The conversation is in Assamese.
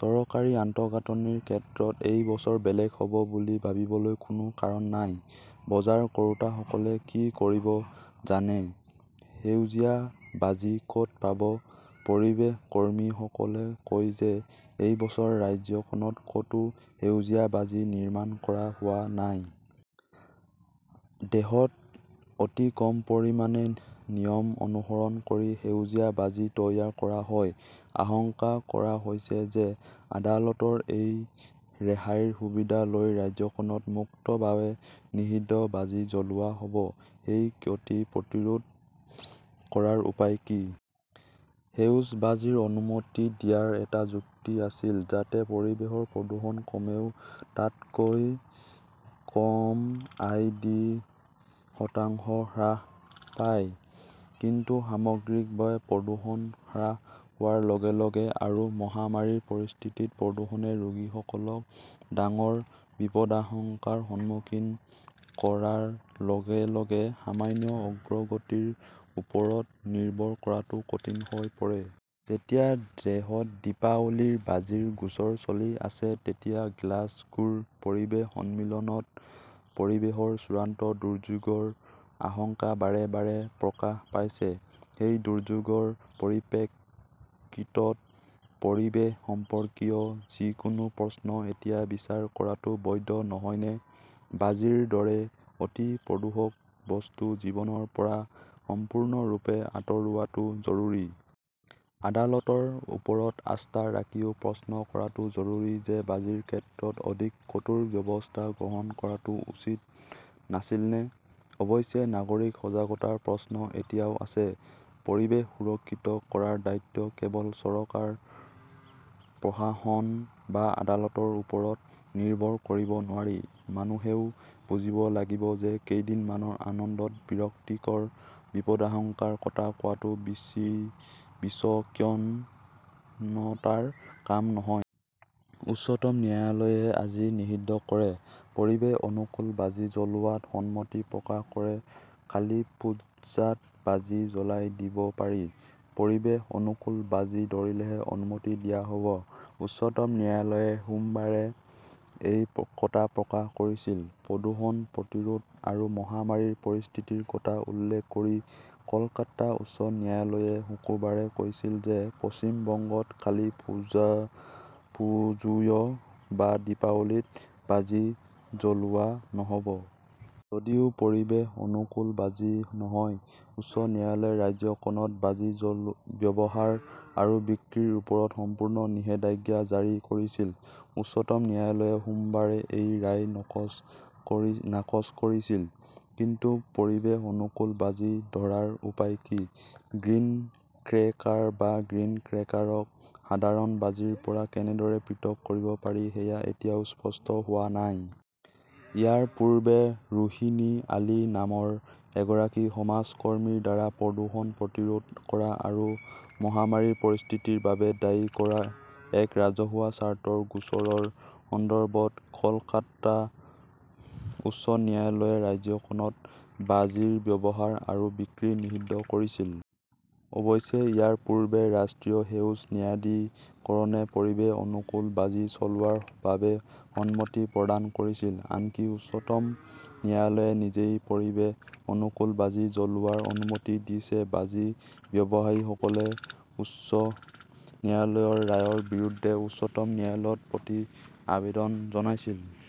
চৰকাৰী আন্তঃগাঁথনিৰ ক্ষেত্ৰত এই বছৰ বেলেগ হ'ব বুলি ভাবিবলৈ কোনো কাৰণ নাই। বজাৰ কৰোতাসকলে কি কৰিব জানে, সেউজীয়া বাজি ক'ত পাব? পৰিৱেশ কৰ্মীসকলে কয় যে এই বছৰ ৰাজ্যখনত ক'তো সেউজীয়া বাজি নিৰ্মাণ কৰা হোৱা নাই। দেশত অতি কম পৰিমাণে নিয়ম অনুসৰণ কৰি সেউজীয়া বাজি তৈয়াৰ কৰা হয়। আশংকা কৰা হৈছে যে আদালতৰ এই ৰেহাইৰ সুবিধা লৈ ৰাজ্যখনত মুক্তভাৱে নিষিদ্ধ বাজি জ্বলোৱা হ'ব। সেই ক্ষতি প্ৰতিৰোধ কৰাৰ উপায় কি? সেউজ বাজিৰ অনুমতি দিয়াৰ এটা যুক্তি আছিল, যাতে পৰিৱেশৰ প্ৰদূষণ কমেও তাতকৈ কম আই. ডি. শতাংশ হ্ৰাস পায়। কিন্তু সামগ্ৰিকভাৱে প্ৰদূষণ হ্ৰাস পোৱাৰ লগে - লগে আৰু মহামাৰীৰ পৰিস্থিতিত প্ৰদূষণে ৰোগীসকলক ডাঙৰ বিপদাশংকাৰ সন্মুখীন কৰাৰ লগে লগে সামান্য অগ্ৰগতিৰ ওপৰত নিৰ্ভৰ কৰাটো কঠিন হৈ পৰে। যেতিয়া দেশত দীপাৱলীৰ বাজিৰ গোচৰ চলি আছে, তেতিয়া গ্লাছগোৰ পৰিৱেশ সন্মিলনত পৰিৱেশৰ চূড়ান্ত দুৰ্যোগৰ আশংকা বাৰে বাৰে প্ৰকাশ পাইছে। সেই দুৰ্যোগৰ পৰিপ্ৰেক্ষিতত পৰিৱেশ সম্পৰ্কীয় যিকোনো প্ৰশ্ন এতিয়া বিচাৰ কৰাটো বৈধ নহয়নে? বাজিৰ দৰে অতি প্ৰদূষক বস্তু জীৱনৰ পৰা সম্পূৰ্ণৰূপে আঁতৰোৱাটো জৰুৰী। আদালতৰ ওপৰত আস্থা ৰাখিও প্ৰশ্ন কৰাটো জৰুৰী যে বাজিৰ ক্ষেত্ৰত অধিক কঠোৰ ব্যৱস্থা গ্ৰহণ কৰাটো উচিত নাছিলনে? অৱশ্যে, নাগৰিক সজাগতাৰ প্ৰশ্ন এতিয়াও আছে। পৰিৱেশ সুৰক্ষিত কৰাৰ দায়িত্ব কেৱল চৰকাৰ, প্ৰশাসন বা আদালতৰ ওপৰত নিৰ্ভৰ কৰিব নোৱাৰি-মানুহেও বুজিব লাগিব যে কেইদিনমানৰ আনন্দত বিৰক্তিকৰ বিপদাশংকাৰ কথা কোৱাটো বিচক্ষণতাৰ কাম নহয়। উচ্চতম ন্যায়ালয়ে বাজি নিষিদ্ধ কৰে, পৰিৱেশ অনুকূল বাজি জ্বলোৱাত সন্মতি প্ৰকাশ কৰে কালিপ্পুজাত বাজি জ্বলাই দিব পাৰি। পৰিৱেশ অনুকূল বাজি ধৰিলেহে অনুমতি দিয়া হ'ব। উচ্চতম ন্যায়ালয়ে সোমবাৰে এই কথা প্ৰকাশ কৰিছিল। প্ৰদূষণ প্ৰতিৰোধ আৰু মহামাৰীৰ পৰিস্থিতিৰ কথা উল্লেখ কৰি কলকাতা উচ্চ ন্যায়ালয়ে শুকুৰবাৰে কৈছিল যে পশ্চিম বংগত কালীপুজোয় বা দীপাৱলীত বাজি জ্বলোৱা নহ'ব। যদিও পৰিৱেশ-অনুকূল বাজি নহয়। উচ্চ ন্যায়ালয়ে ৰাজ্যখনত বাজি ব্যৱহাৰ আৰু বিক্ৰীৰ ওপৰত সম্পূৰ্ণ নিষেধাজ্ঞা জাৰি কৰিছিল। উচ্চতম ন্যায়ালয়ে সোমবাৰে এই ৰায় নাকচ কৰিছিল। কিন্তু পৰিৱেশ অনুকূল বাজি ধৰাৰ উপায় কি? গ্ৰীণ ক্ৰেকাৰ বা গ্ৰীণ ক্ৰেকাৰক সাধাৰণ বাজিৰ পৰা কেনেদৰে পৃথক কৰিব পাৰি সেয়া এতিয়াও স্পষ্ট হোৱা নাই। ইয়াৰ পূৰ্বে, ৰোশনী আলী নামৰ এগৰাকী সমাজ কৰ্মীৰ দ্বাৰা প্ৰদূষণ প্ৰতিৰোধ কৰা আৰু মহামাৰীৰ পৰিস্থিতিৰ বাবে দায়ী কৰা এক ৰাজহুৱা স্বাৰ্থৰ গোচৰৰ সন্দৰ্ভত কলকাতা উচ্চ ন্যায়ালয়ে ৰাজ্যখনত বাজিৰ ব্যৱহাৰ আৰু বিক্ৰী নিষিদ্ধ কৰিছিল। অৱশ্যে ইয়াৰ পূৰ্বে ৰাষ্ট্ৰীয় সেউজ ন্যায়াধিকৰণে পৰিৱেশ অনুকূল বাজি জ্বলোৱাৰ বাবে সন্মতি প্ৰদান কৰিছিল। আনকি উচ্চতম ন্যায়ালয়ে নিজেই পৰিৱেশ অনুকূল বাজি জ্বলোৱাৰ অনুমতি দিছে। বাজি ব্যৱসায়ীসকলে উচ্চ ন্যায়ালয়ৰ ৰায়ৰ বিৰুদ্ধে উচ্চতম ন্যায়ালয়ত প্ৰতি-আবেদন জনাইছিল।